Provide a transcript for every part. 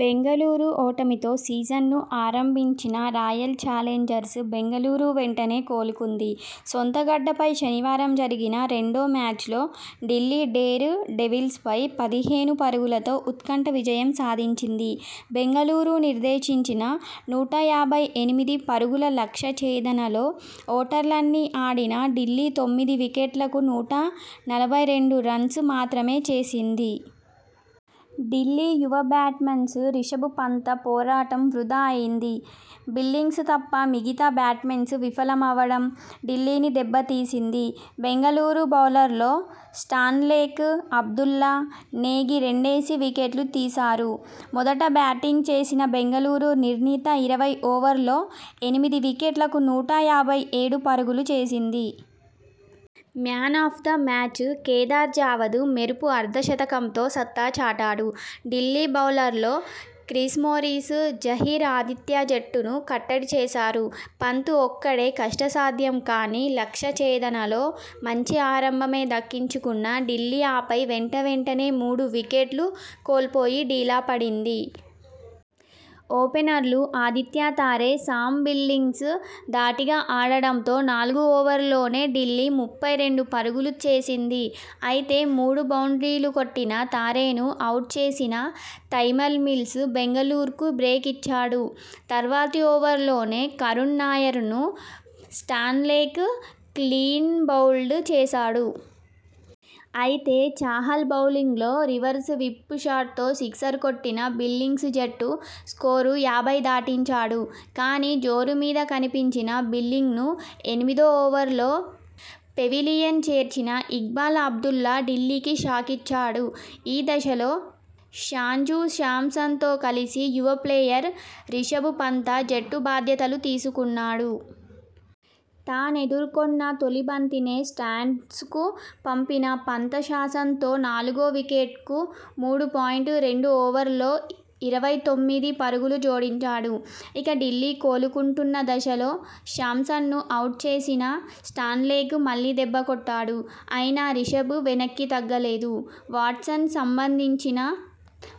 బెంగళూరు ఓటమితో సీజన్ను ఆరంభించిన రాయల్ చాలెంజర్స్ బెంగళూరు వెంటనే కోలుకుంది. సొంతగడ్డపై శనివారం జరిగిన రెండో మ్యాచ్లో ఢిల్లీ డేరు డెవిల్స్పై పదిహేను పరుగులతో ఉత్కంఠ విజయం సాధించింది. బెంగళూరు నిర్దేశించిన నూట యాభై ఎనిమిది పరుగుల లక్ష్య ఛేదనలో ఓవర్లన్నీ ఆడిన ఢిల్లీ తొమ్మిది వికెట్లకు నూట నలభై రెండు రన్స్ మాత్రమే చేసింది. ఢిల్లీ యువ బ్యాట్స్మన్స్ రిషభ్ పంత పోరాటం వృథా అయింది. బిల్లింగ్స్ తప్ప మిగతా బ్యాట్స్మెన్స్ విఫలమవడం ఢిల్లీని దెబ్బ తీసింది. బెంగళూరు బౌలర్లలో స్టాన్లేక్, అబ్దుల్లా, నేగి రెండేసి వికెట్లు తీశారు. మొదట బ్యాటింగ్ చేసిన బెంగళూరు నిర్ణీత ఇరవై ఓవర్లలో ఎనిమిది వికెట్లకు నూట యాభై ఏడు పరుగులు చేసింది. 'Man of the match' Kedar Jadhav మెరుపు అర్ధ శతకంతో సత్తా చాటాడు. ఢిల్లీ బౌలర్లలో క్రిస్ మోరిస్, జహీర్ ఆతిథ్య జట్టును కట్టడి చేశారు. పంత్ ఒక్కడే.. కష్టసాధ్యం కాని లక్ష్య ఛేదనలో మంచి ఆరంభమే దక్కించుకున్న ఢిల్లీ ఆపై వెంటవెంటనే మూడు వికెట్లు కోల్పోయి డీలా పడింది. ఓపెనర్లు ఆదిత్య తారె, సామ్ బిల్లింగ్స్ ధాటిగా ఆడడంతో నాలుగు ఓవర్లలోనే ఢిల్లీ ముప్పై రెండు పరుగులు చేసింది. అయితే, మూడు బౌండ్రీలు కొట్టిన తారెను అవుట్ చేసిన తైమల్ మిల్స్ బెంగళూరుకు బ్రేక్ ఇచ్చాడు. తర్వాతి ఓవర్లోనే కరుణ్ నాయర్ ను స్టాన్లేక్ క్లీన్బౌల్డ్ చేశాడు. అయితే.. చాహల్ బౌలింగ్లో రివర్స్ విప్ షాట్తో సిక్సర్ కొట్టిన బిల్లింగ్స్ జట్టు స్కోరు యాభై దాటించాడు. కానీ.. జోరు మీద కనిపించిన బిల్లింగ్ను ఎనిమిదో ఓవర్లో పెవిలియన్ చేర్చిన ఇక్బాల్ అబ్దుల్లా ఢిల్లీకి షాకిచ్చాడు. ఈ దశలో శాంజూ శాంసన్ తో కలిసి యువ ప్లేయర్ రిషభ్ పంత జట్టు బాధ్యతలు తీసుకున్నాడు. తానెదుర్కొన్న తొలి బంతినే స్టాండ్స్కు పంపిన పంత శాంసన్తో నాలుగో వికెట్కు మూడు పాయింట్ రెండు ఓవర్లలో ఇరవై తొమ్మిది పరుగులు జోడించాడు. ఇక ఢిల్లీ కోలుకుంటున్న దశలో శాంసన్ను అవుట్ చేసిన స్టాన్లేక్ మళ్లీ దెబ్బకొట్టాడు. అయినా రిషభ్ వెనక్కితగ్గలేదు. వాట్సన్ సంధించిన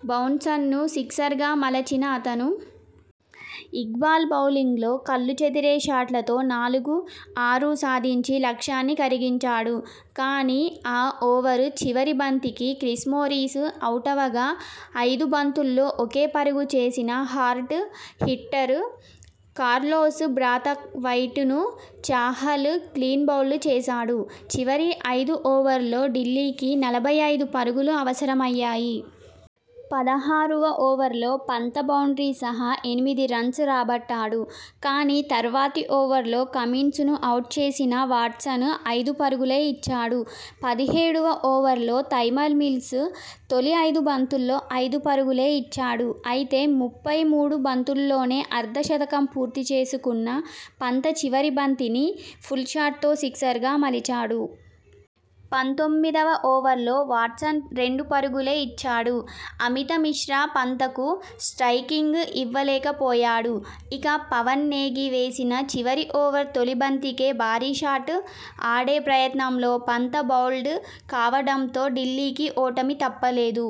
బౌన్సన్ను సిక్సర్గా మలచిన అతను.. ఇక్బాల్ బౌలింగ్లో కళ్లు చెదిరే షాట్లతో నాలుగు, ఆరు సాధించి లక్ష్యాన్ని కరిగించాడు. కానీ, ఆ ఓవర్ చివరి బంతికి క్రిస్ మోరిస్ అవుటవగా.. ఐదు బంతుల్లో ఒకే పరుగు చేసిన హార్డ్ హిట్టర్ కార్లోస్ బ్రాతవైట్ ను చాహల్ క్లీన్బౌల్డ్ చేశాడు. చివరి ఐదు ఓవర్లో ఢిల్లీకి నలభై ఐదు పరుగులు అవసరమయ్యాయి. పదహారువ ఓవర్లో పంత బౌండ్రీ సహా ఎనిమిది రన్స్ రాబట్టాడు. కానీ, తర్వాతి ఓవర్లో కమిన్స్ ను అవుట్ చేసిన వాట్సన్ ఐదు పరుగులే ఇచ్చాడు. పదిహేడువ ఓవర్లో తైమల్ మిల్స్ తొలి ఐదు బంతుల్లో ఐదు పరుగులే ఇచ్చాడు. అయితే, ముప్పై మూడు బంతుల్లోనే అర్ధ శతకం పూర్తి చేసుకున్న పంత చివరి బంతిని పుల్షాట్తో సిక్సర్గా మలిచాడు. పంతొమ్మిదివ ఓవర్లో వాట్సన్ రెండు పరుగులే ఇచ్చాడు. అమిత మిశ్రా పంతకు స్ట్రయికింగ్ ఇవ్వలేకపోయాడు. ఇక, పవన్ నేగి వేసిన చివరి ఓవర్ తొలి బంతికే భారీషాట్ ఆడే ప్రయత్నంలో పంత బౌల్డ్ కావడంతో ఢిల్లీకి ఓటమి తప్పలేదు.